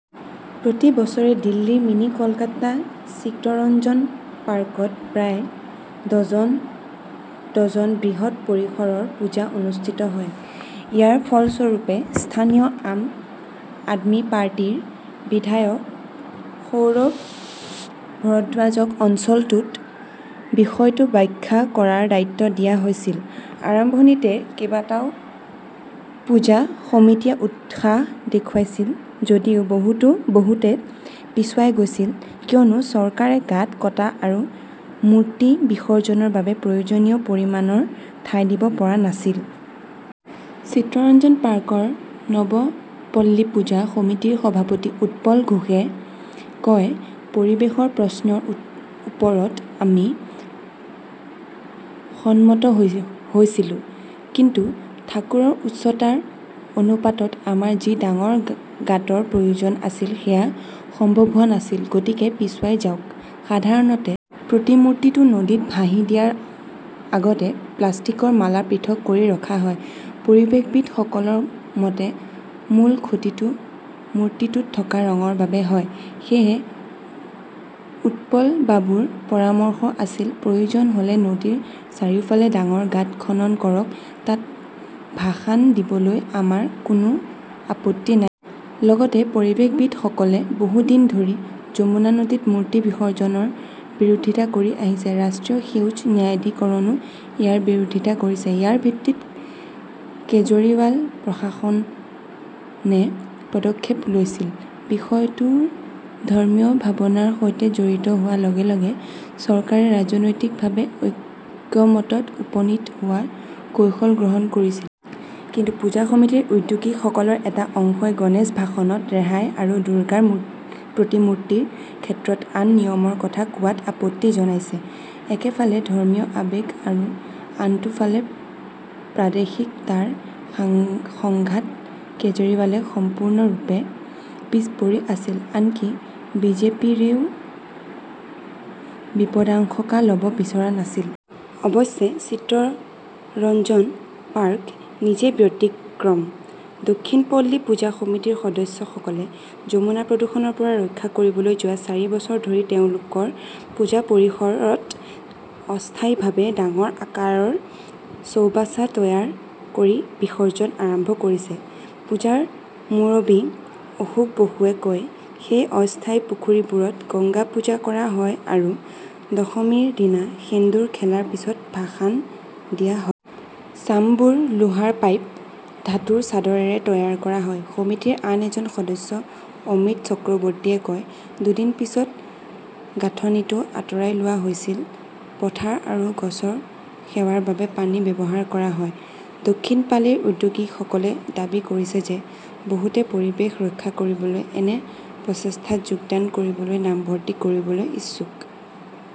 প্ৰতি বছৰে দিল্লী মিনি কলকাতা চিত্তৰঞ্জন পাৰ্কত প্ৰায় ডজন, ডজন বৃহৎ পৰিসৰৰ পূজা অনুষ্ঠিত হয়। ইয়াৰ ফলস্বৰূপে স্থানীয় আম আদমি পাৰ্টিৰ বিধায়ক সৌৰভ ভৰদ্বাজক অঞ্চলটোত বিষয়টো ব্যাখ্যা কৰাৰ দায়িত্ব দিয়া হৈছিল। আৰম্ভণিতে কেইবাটাও পূজা সমিতিয়ে উৎসাহ দেখুৱাইছিল যদিও বহুতো বহুতে পিছুৱাই গৈছিল কিয়নো চৰকাৰে গাঁত কটা আৰু মূৰ্তি বিসৰ্জনৰ বাবে প্ৰয়োজনীয় পৰিমাণৰ ঠাই দিব পৰা নাছিল। চিত্ৰৰঞ্জন পাৰ্কৰ নৱ পল্লী পূজা সমিতিৰ সভাপতি উৎপল ঘোহে কয়, পৰিৱেশৰ প্ৰশ্নৰ ওপৰত আমি সন্মত হৈছিলো। কিন্তু ঠাকুৰৰ উচ্চতাৰ অনুপাতত আমাৰ যি ডাঙৰ গাঁতৰ প্ৰয়োজন আছিল সেয়া সম্ভৱ হোৱা নাছিল। গতিকে পিছুৱাই যাওক। সাধাৰণতে প্ৰতিমূৰ্তিটো নদীত ভাহি দিয়াৰ আগতে প্লাষ্টিকৰ মালা পৃথক কৰি ৰখা হয়। পৰিৱেশবিদসকলৰ মতে মূল ক্ষতিটো মূৰ্তিটোত থকা ৰঙৰ বাবে হয়। সেয়ে উৎপলবাবুৰ পৰামৰ্শ আছিল, প্ৰয়োজন হলে নদীৰ চাৰিওফালে ডাঙৰ গাঁত খনন কৰক। তাত ভাসান দিবলৈ আমাৰ কোনো আপত্তি নাই। লগতে পৰিৱেশবিদসকলে বহু দিন ধৰি যমুনা নদীত মূৰ্তি বিসৰ্জনৰ বিৰোধিতা কৰি আহিছে। ৰাষ্ট্ৰীয় সেউজ ন্যায়াধিকৰণো ইয়াৰ বিৰোধিতা কৰিছে। ইয়াৰ ভিত্তিত কেজৰিৱাল প্ৰশাসনে পদক্ষেপ লৈছিল। বিষয়টো ধৰ্মীয় ভাৱনাৰ সৈতে জড়িত হোৱা লগে লগে চৰকাৰে ৰাজনৈতিকভাৱে ঐক্যমতত উপনীত হোৱাৰ কৌশল গ্ৰহণ কৰিছিল। কিন্তু পূজা সমিতিৰ উদ্যোগীসকলৰ এটা অংশই গণেশ ভাসনত ৰেহাই আৰু দুৰ্গাৰ প্ৰতিমূৰ্তিৰ ক্ষেত্ৰত আন নিয়মৰ কথা কোৱাত আপত্তি জনাইছে। একেফালে ধৰ্মীয় আৱেগ আৰু আনটো ফালে প্ৰাদেশিকতাৰ সংঘাত-কেজৰিৱালে সম্পূৰ্ণৰূপে পিছ পৰি আছিল। আনকি বিজেপিৰেয়ো বিপদাশংকা লব বিচৰা নাছিল। অৱশ্যে, চিত্তৰঞ্জন পাৰ্ক নিজেই ব্যতিক্ৰম। দক্ষিণ পল্লী পূজা সমিতিৰ সদস্যসকলে যমুনা প্ৰদূষণৰ পৰা ৰক্ষা কৰিবলৈ যোৱা চাৰি বছৰ ধৰি তেওঁলোকৰ পূজা পৰিসৰত অস্থায়ীভাৱে ডাঙৰ আকাৰৰ চৌবাচা তৈয়াৰ কৰি বিসৰ্জন আৰম্ভ কৰিছে। পূজাৰ মুৰব্বী অশোক বসুৱে কয়, সেই অস্থায়ী পুখুৰীবোৰত গংগা পূজা কৰা হয় আৰু দশমীৰ দিনা সেন্দুৰ খেলাৰ পিছত ভাসান দিয়া হয়। চামৰাবোৰ লোহাৰ পাইপ, ধাতুৰ চাদৰেৰে তৈয়াৰ কৰা হয়। সমিতিৰ আন এজন সদস্য অমিত চক্ৰৱৰ্তীয়ে কয়, দুদিন পিছত গাঁথনিটো আঁতৰাই লোৱা হৈছিল। পথাৰ আৰু গছৰ সেৱাৰ বাবে পানী ব্যৱহাৰ কৰা হয়। দক্ষিণ পালিৰ উদ্যোগীসকলে দাবী কৰিছে যে বহুতে পৰিৱেশ ৰক্ষা কৰিবলৈ এনে প্ৰচেষ্টাত যোগদান কৰিবলৈ নামভৰ্তি কৰিবলৈ ইচ্ছুক।